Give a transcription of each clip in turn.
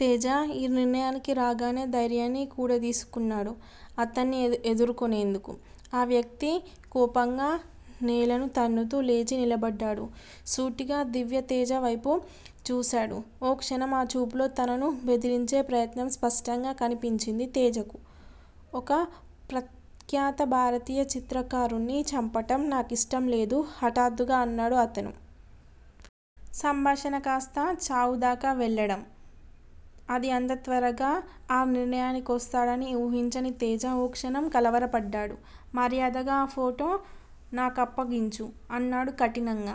తేజ ఈ నిర్ణయానికి రాగానే ధైర్యాన్ని కూడదీసుకున్నాడు. అతన్ని ఎదుర్కొనేందుకు. ఆ వ్యక్తి కోపంగా నేలను తన్నుతూ లేచి నిలబడ్డాడు. సూటిగా దివ్యతేజ వేపు చూశాడు. ఓ క్షణం ఆ చూపులో తనను బెదిరించే ప్రయత్నం స్పష్టంగా కనిపించింది తేజకు. ఒక ప్రఖ్యాత భారతీయ చిత్రకారుణ్ణి చంపటం నాకిష్టంలేదు హఠాత్తుగా అన్నాడు అతను. సంభాషణ కాస్త చావుదాకా వెళ్ళటం__అదీ అంత త్వరగా, ఆ నిర్ణయానికొస్తాడని ఊహించని తేజ ఓ క్షణం కలవరపడ్డాడు. మర్యాదగా ఆ ఫోటో నాకప్పగించు అన్నాడు కఠినంగా.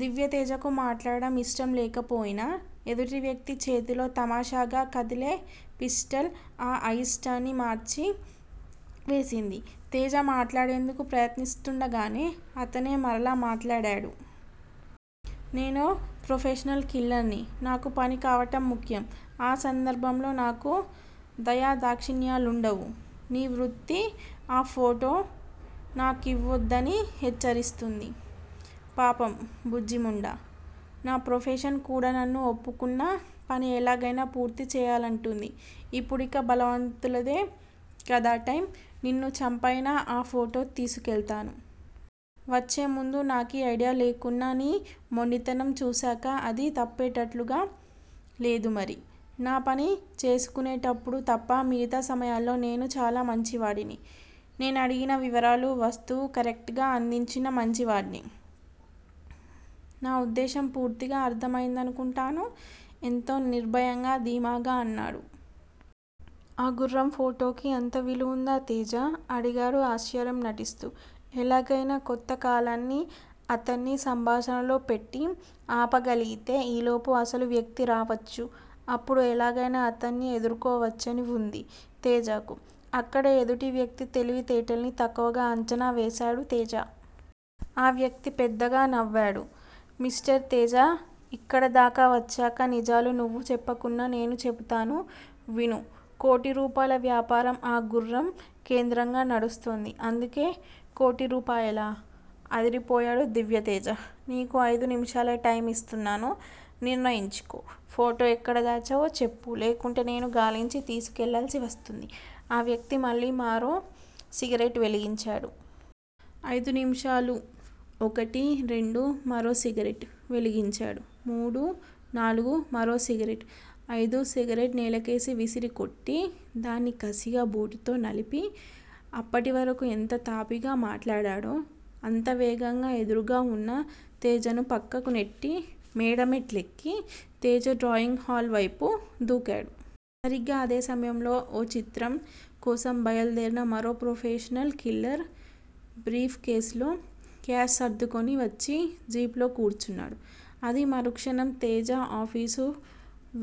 దివ్యతేజకు మాట్లాడటం ఇష్టంలేకపోయినా ఎదుటి వ్యక్తి చేతిలో తమాషాగా కదిలే పిస్టల్ ఆ అయిష్టాన్ని మార్చి వేసింది. తేజ మాట్లాడేందుకు ప్రయత్నిస్తుండగానే అతనే మరలా మాట్లాడాడు. నేనో ప్రొఫెషనల్ కిల్లర్ ని. నాకు పని కావటం ముఖ్యం. ఆ సందర్భంలో నాకు దయాదాక్షిణ్యాలుండవు. నీ వృత్తి ఆ ఫోటో నాకివ్వద్దని హెచ్చరిస్తుంది. పాపం బుజ్జిముండ. నా ప్రొఫెషన్ కూడా నన్ను ఒప్పుకున్న పని ఎలాగైనా పూర్తి చేయాలంటుంది. ఇప్పుడిక బలవంతులదే కదా టైమ్ నిన్ను చంపైనా ఆ ఫోటో తీసుకెళ్తాను. వచ్చే ముందు నాకీ ఐడియా లేకున్నా నీ మొండితనం చూసాక అది తప్పేట్లుగా లేదు మరి. నా పని చేసుకునేటప్పుడు తప్ప మిగతా సమయాల్లో నేను చాలా మంచివాడిని. నేనడిగిన వివరాలు, వస్తువు, కరెక్ట్ గా అందించినా మంచివాడ్నే. నా ఉద్దేశ్యం పూర్తిగా అర్ధమయిందనుకుంటాను ఎంతో నిర్భయంగా ధీమాగా అన్నాడు. ఆ గుర్రం ఫోటోకి అంత విలువుందా తేజ అడిగాడు ఆశ్చర్యం నటిస్తూ. ఎలాగైనా కొంత కాలాన్ని అతన్ని సంభాషణలో పెట్టి ఆపగలిగితే ఈలోపు అసలు వ్యక్తి రావచ్చు. అప్పుడు ఎలాగైనా అతన్ని ఎదుర్కోవచ్చని వుంది తేజకు. అక్కడే ఎదుటి వ్యక్తి తెలివి తేటల్ని తక్కువగా అంచనా వేసాడు తేజ. ఆ వ్యక్తి పెద్దగా నవ్వాడు. మిస్టర్ తేజ ఇక్కడదాకా వచ్చాక నిజాలు నువ్వు చెప్పకున్నా నేను చెబుతాను విను కోటి రూపాయల వ్యాపారం ఆ గుర్రం కేంద్రంగా నడుస్తోంది. అందుకే కోటిరూపాయలా? అదిరిపోయాడు దివ్యతేజ. నీకు ఐదు నిమిషాలే టైం ఇస్తున్నాను నిర్ణయించుకో ఫోటో ఎక్కడ దాచావో చెప్పు లేకుంటే నేను గాలించి తీసుకెళ్ళాల్సి వస్తుంది ఆ వ్యక్తి మళ్ళీ మరో సిగరెట్ వెలిగించాడు. అయిదు నిమిషాలు ఒకటి రెండు మరో సిగరెట్ వెలిగించాడు మూడు నాలుగు మరో సిగరెట్ ఐదు సిగరెట్ నేలకేసి విసిరికొట్టి దాన్ని కసిగా బూటుతో నలిపి, అప్పటి వరకు ఎంత తాపీగా మాట్లాడాడో, అంత వేగంగా ఎదురుగా వున్న తేజను పక్కకునెట్టి మేడ మెట్లెక్కి తేజ డ్రాయింగ్ హాల్ వేపు దూకాడు. సరిగ్గా అదే సమయంలో ఆ చిత్రం కోసం బయలుదేరిన మరో ప్రొఫెషనల్ కిల్లర్ బ్రీఫ్ కేసులో క్యాష్ సర్దుకొని వచ్చి జీపులో కూర్చున్నాడు. అది మరుక్షణం తేజ ఆఫీసు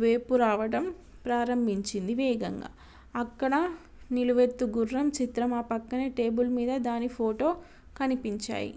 వేపు రావటం ప్రారంభించింది వేగంగా. అక్కడ నిలువెత్తు గుర్రం చిత్రం ఆ పక్కనే టేబుల్ మీద దాని ఫోటో కనిపించాయి.